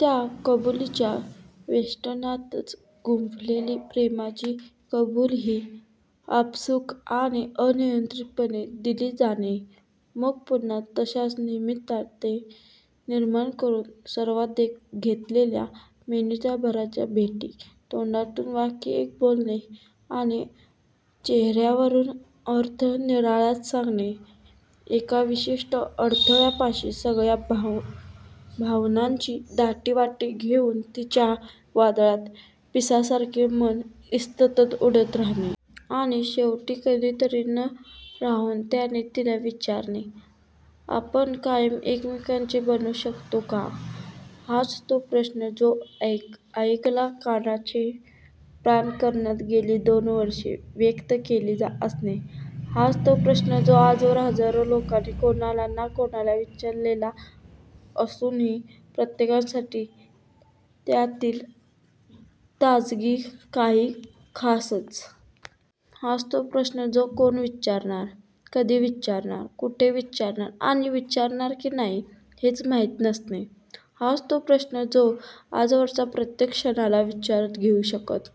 त्या कबूलीच्या वेष्टनातच गुंफलेली प्रेमाची कबूलीही आपसूक आणि अनियंत्रीतपणे दिली जाणे! मग पुन्हा तश्याच निमित्ते निर्माण करून सर्वांदेखत घेतलेल्या मिनिटभराच्या भेटी! तोंडातून वाक्य एक बोलणे आणि चेहर्यावरून अर्थ निराळाच सांगणे! एका विशिष्ट अडथळ्यापाशी सगळ्या भावनांची दाटीवाटी येऊन तिच्या वादळात पिसासारखे मन इतस्ततः उडत राहणे! आणि शेवटी कधीतरी न राहवून त्याने तिला विचारणे! 'आपण कायम एकमेकांचे बनू शकतो का? हाच तो प्रश्न जो ऐकायला कानाचे प्राण करण्यात गेली दोन वर्षे व्यतीत केलेली असणे! हाच तो प्रश्न जो आजवर हजारो लोकांनी कोणाला ना कोणाला विचारलेला असूनही प्रत्येकासाठी त्यातील ताजगी काही खासच! हाच तो प्रश्न जो कोण विचारणार, कधी विचारणार, कुठे विचारणार आणि विचारणार की नाही हेच माहीत नसणे! हाच तो प्रश्न जो आजवरच्या प्रत्येक क्षणाला विचारता येऊ शकत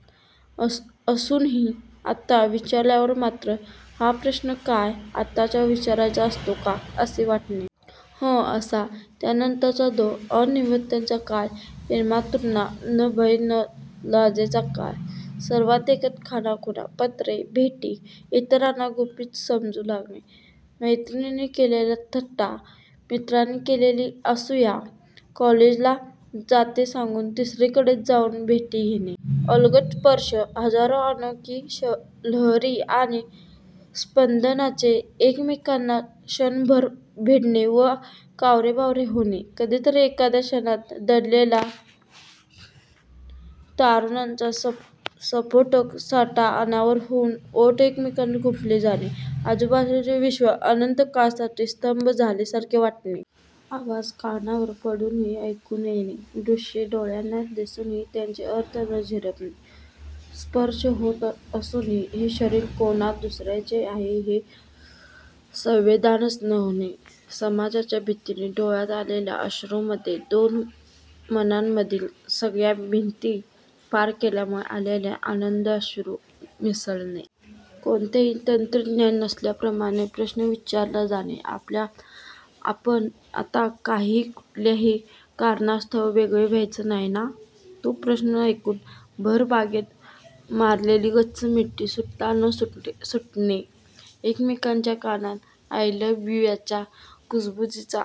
असूनही आत्ता विचारल्यावर मात्र 'हा प्रश्न काय आत्ता विचारायचा असतो का' असे वाटणे! 'हं' असा! त्यानंतरचा तो अनिर्बंधतेचा काळ! प्रेमातुराणां न भयं न लज्जेचा काळ! सर्वांदेखत खाणाखुणा! पत्रे! भेटी! इतरांना गुपीत समजू लागणे! मैत्रिणींनी केलेली थट्टा! मुलांनी केलेली असूया! कॉलेजला जाते सांगून तिसरीचकडे जाऊन भेटी घेणे! अलगद स्पर्श! हजारो अनोळखी लहरी आणि स्पंदनांचे एकमेकांना क्षणभर भिडणे व कावरेबावरे होणे! कधीतरी एखाद्या क्षणात दडलेला तारुण्याचा स्फोटक साठा अनावर होऊन ओठ एकमेकांत गुंफले जाणे! आजूबाजूचे विश्व अनंत काळासाठी स्तब्ध झाल्यासारखे वाटणे! आवाज कानावर पडूनही ऐकू न येणे! दृष्ये डोळ्यांना दिसूनही त्यांचे अर्थ न झिरपणे! स्पर्श होत असूनही हे शरीर कोणा दुसर्याचे आहे ही संवेदनाच न होणे! समाजाच्या भीतीने डोळ्यांत आलेल्या अश्रूंमध्ये दोन मनांमधील सगळ्या भिंती पार केल्यामुळे आलेले आनंदाश्रू मिसळणे! कोणतेही नियंत्रण नसल्याप्रमाणे प्रश्न विचारला जाणे! 'आपण आता कधीही, कुठल्याही कारणास्तव वेगळे व्हायचे नाही ना? ' तो प्रश्न ऐकून भर बागेत मारलेली गच्च मिठी सुटता न सुटणे! एकमेकांच्या कानात 'आय लव्ह यू'च्या कुजबुजीचा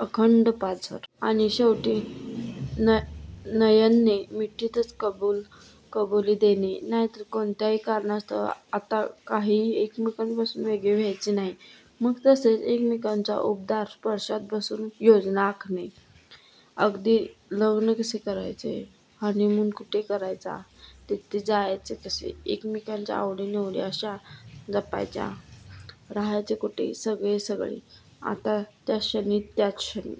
अखंड पाझर! आणि शेवटी नयनाने मिठीतच कबूली देणे! 'नाही, कोणत्याही कारणास्तव आता कधीही एकमेकांपासून वेगळे व्हायचे नाही'! मग तसेच एकमेकांच्या उबदार स्पर्शात बसून योजना आखणे! अगदी लग्न कसे करायचे, हनीमून कुठे करायचा, तिथे जायचे कसे, एकमेकांच्या आवडीनिवडी कश्या जपायच्या, राहायचे कुठे, सगळे सगळे! आणि त्याचक्षणी! त्याचक्षणी